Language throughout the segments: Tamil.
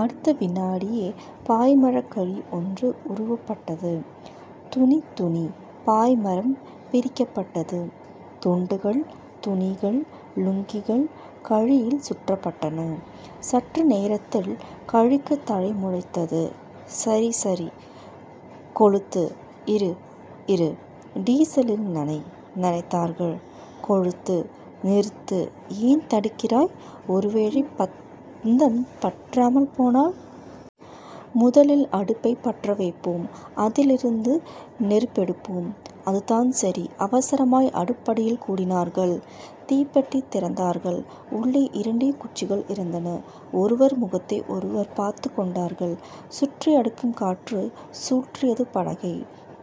அடுத்த விநாடியே பாய்மரக்கழி ஒன்று உருவப்பட்டது. துணி. துணி. பாய்மரம் பிரிக்கப்பட்டது. துண்டுகள் துணிகள் லுங்கிகள் கழியில் சுற்றப்பட்டன. சற்று நேரத்தில் கழிக்குத் தலை முளைத்தது. சரி... சரி. கொளுத்து. இரு... இரு. டீசலில் நனை. நனைத்தார்கள். கொளுத்து. நிறுத்து. ஏன் தடுக்கிறாய்? ஒருவேளை பந்தம் பற்றாமல் போனால்..? முதலில் அடுப்பைப் பற்றவைப்போம். அதிலிருந்து நெருப்பெடுப்போம். அதுதான் சரி. அவசரமாய் அடுப்படியில் கூடினார்கள். தீப்பெட்டி திறந்தார்கள். உள்ளே இரண்டே குச்சிகள் இருந்தன. ஒருவர் முகத்தை ஒருவர் பார்த்துக் கொண்டார்கள். சுற்றி அடிக்கும் காற்று சுழற்றியது படகை.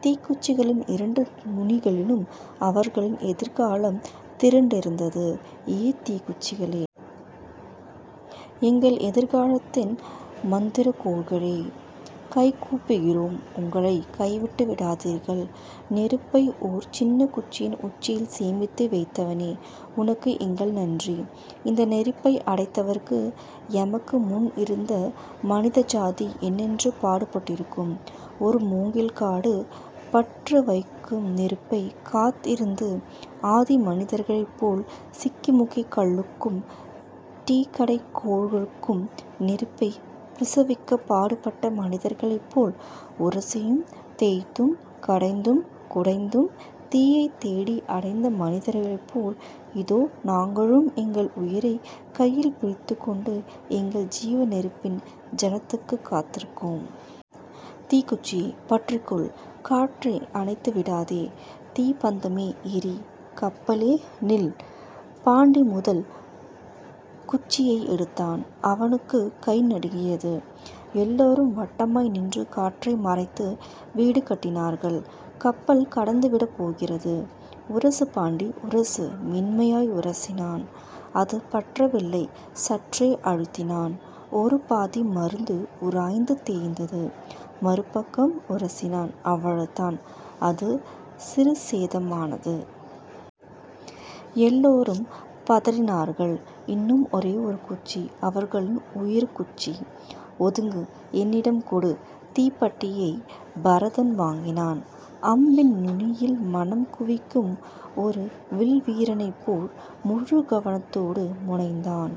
தீக்குச்சிகளின் இரண்டு நுனிகளிலும் அவர்களின் எதிர்காலம் திரண்டிருந்தது ஏ தீக்குச்சிகளே. எங்கள் எதிர்காலத்தின் மந்திரக்கோல்களே. கைகூப்புகிறோம் உங்களை, கைவிட்டு விடாதீர்கள். நெருப்பை ஒரு சின்னக்குச்சியின் உச்சியில் சேமித்து வைத்தவனே. உனக்கு எங்கள் நன்றி. இந்த நெருப்பை அடைவதற்கு எமக்கு முன்னிருந்த மனிதஜாதி என்னென்ன பாடுபட்டிருக்கும்? ஒரு முங்கில்காடு பற்றுகிறவரைக்கும் நெருப்புக்குக் காத்திருந்த ஆதிமனிதர்களைப் போல் சிக்கிமுக்கிக் கல்லுக்குள்ளும் தீக்கடைகோலுக்குள்ளும் நெருப்பைப் பிரசிவிக்கப் பாடுபட்ட மனிதர்களைப் போல் உரசியும் தேய்த்தும் கடைந்தும் குடைந்தும் தீயைத்தேடி அடைந்த மனிதர்களைப்போல் இதோ நாங்களும் எங்கள் உயிரைக் கையில் பிடித்துக் கொண்டு, எங்கள் ஜீவநெருப்பின் ஜனனத்துக்குக் காத்திருக்கிறோம். தீக்குச்சியே பற்றிக்கொள். காற்றே அணைத்துவிடாதே. தீப்பந்தமே எரி. கப்பலே நில். பாண்டி முதல் குச்சியை எடுத்தான், அவனுக்குக் கை நடுங்கியது. எல்லோரும் வட்டமாய் நின்று காற்றை மறைத்து வீடு கட்டினார்கள். கப்பல் கடந்துவிடப்போகிறது.. உரசு பாண்டி. உரசு. மென்மையாய் உரசினான். அது பற்றவில்லை. சற்றே அழுத்தினான், ஒரு பாதி மருந்து உராய்ந்து தேய்ந்தது, மறுபக்கம் உரசினான், அவ்வளவுதான், அது சிரச்சேதமானது. எல்லோரும் பதறினார்கள். இன்னும் ஒரே ஒரு குச்சி.. அவர்களின் உயிர்க்குச்சி. ஒதுங்கு. என்னிடம் கொடு தீப்பெட்டியைப் பரதன் வாங்கினான். அம்பின் நுனியில் மனம் குவிக்கும் ஒரு வில்வீரனைப்போல முழு கவனத்தோடு முனைந்தான்.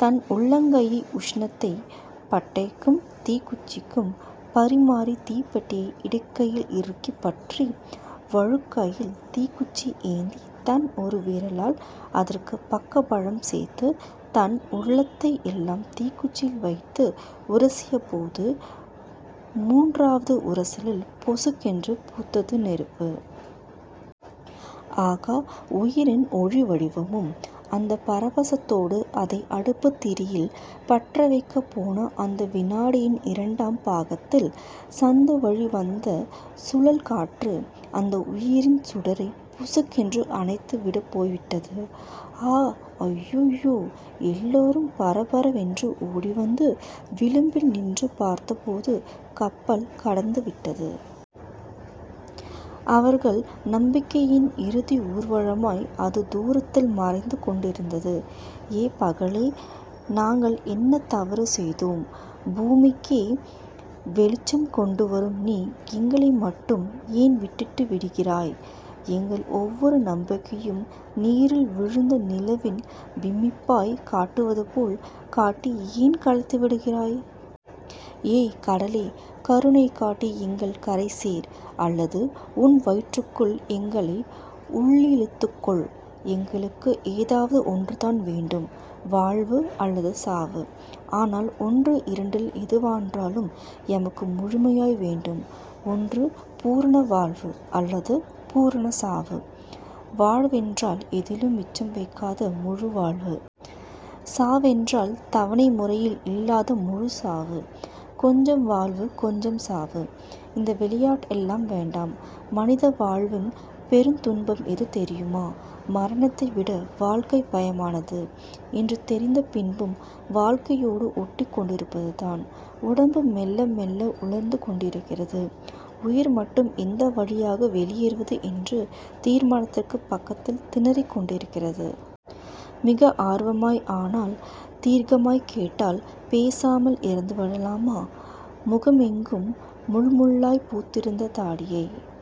தன் உள்ளங்கை உஷணத்தைப் பட்டைக்கும் தீக்குச்சிக்கும் பரிமாறித் தீப்பெட்டியை இடக்கையில் இறுக்கிப் பற்றி, வலக்கையில் தீக்குச்சி ஏந்தித் தன் ஒரு விரலால் அதற்குப் பக்கபலம் சேர்த்துத் தன் உள்ளத்தையெல்லாம் தீக்குச்சியில் வைத்து உரசியபோது முன்றாவது உரசலில் பொசுக்கென்று பூத்தது நெருப்பு. ஆகா. உயிரின் ஒளிவடிவம். அந்தப் பரவசத்தோடு அதை அடுப்புத் திரியில் பற்றவைக்கப் போன அந்த விநாடியின் இரண்டாம் பாகத்தில், சந்துவழி வந்த சுழற்காற்று அந்த உயிரின் சுடரைப் பொசுக்கென்று அணைத்துவிட்டுப் போய்விட்டது. ஆ. அய்யோ. அய்யய்யோ. எல்லோரும் பரபரவென்று ஒடிவந்து விளிம்பில் நின்று பார்த்தபோது கப்பல் கடந்துவிட்டது. அவர்கள் நம்பிக்கையின் இறுதி ஊர்வலமாய் அது தூரத்தில் மறைந்துகொண்டிருந்தது. ஏ பகலே. நாங்கள் என்ன தவறு செய்தோம்? பூமிக்கே வெளிச்சம் கொண்டுவரும் நீ, எங்களை மட்டும் ஏன் விட்டுவிட்டு விடிகிறாய்? எங்கள் ஒவ்வொரு நம்பிக்கையையும் நீரில் விழுந்த நிலவின் பிம்பமாய்க் காட்டுவதுபோல் காட்டி ஏன் கலைத்துவிடுகிறாய்? ஏ கடலே. கருணை காட்டி எங்களைக் கரைசேர்... அல்லது உன் வயிற்றுக்குள் எங்களை உள்ளிழுத்துக்கொள். எங்களுக்கு ஏதாவது ஒன்றுதான் வேண்டும் வாழ்வு அல்லது சாவு. ஆனால் ஒன்று இரண்டில் எதுவென்றாலும், எமக்கு முழுமையாய் வேண்டும். ஒன்று பூரண வாழ்வு அல்லது பூரணச் சாவு. வாழ்வென்றால் எதிலும் மிச்சம் வைக்காத முழுவாழ்வு. சாவென்றால் தவணை முறையில் இல்லாத முழுச்சாவு. கொஞ்சம் வாழ்வு கொஞ்சம் சாவு... இந்த விளையாட்டெல்லாம் வேண்டாம். மனித வாழ்வின் பெருந்துன்பம் எது தெரியுமா? மரணத்தைவிட வாழ்க்கை பயமானது என்று தெரிந்த பின்பும், வாழ்க்கையோடு ஒட்டிக்கொண்டிருப்பதுதான். உடம்பு மெல்ல மெல்ல உலர்ந்து கொண்டிருக்கிறது. உயிர் மட்டும் எந்த வழியாக வெளியேறுவது என்ற தீர்மானத்துக்குப் பக்கத்தில் திணறிக் கொண்டிருக்கிறது. மிக ஆர்வமாய் ஆனால், தீர்க்கமாய்க் கேட்டாள் பேசாமல் இறந்துவிடலாமா? முகமெங்கும் முள்முள்ளாய்ப் பூத்திருந்த தாடியைத்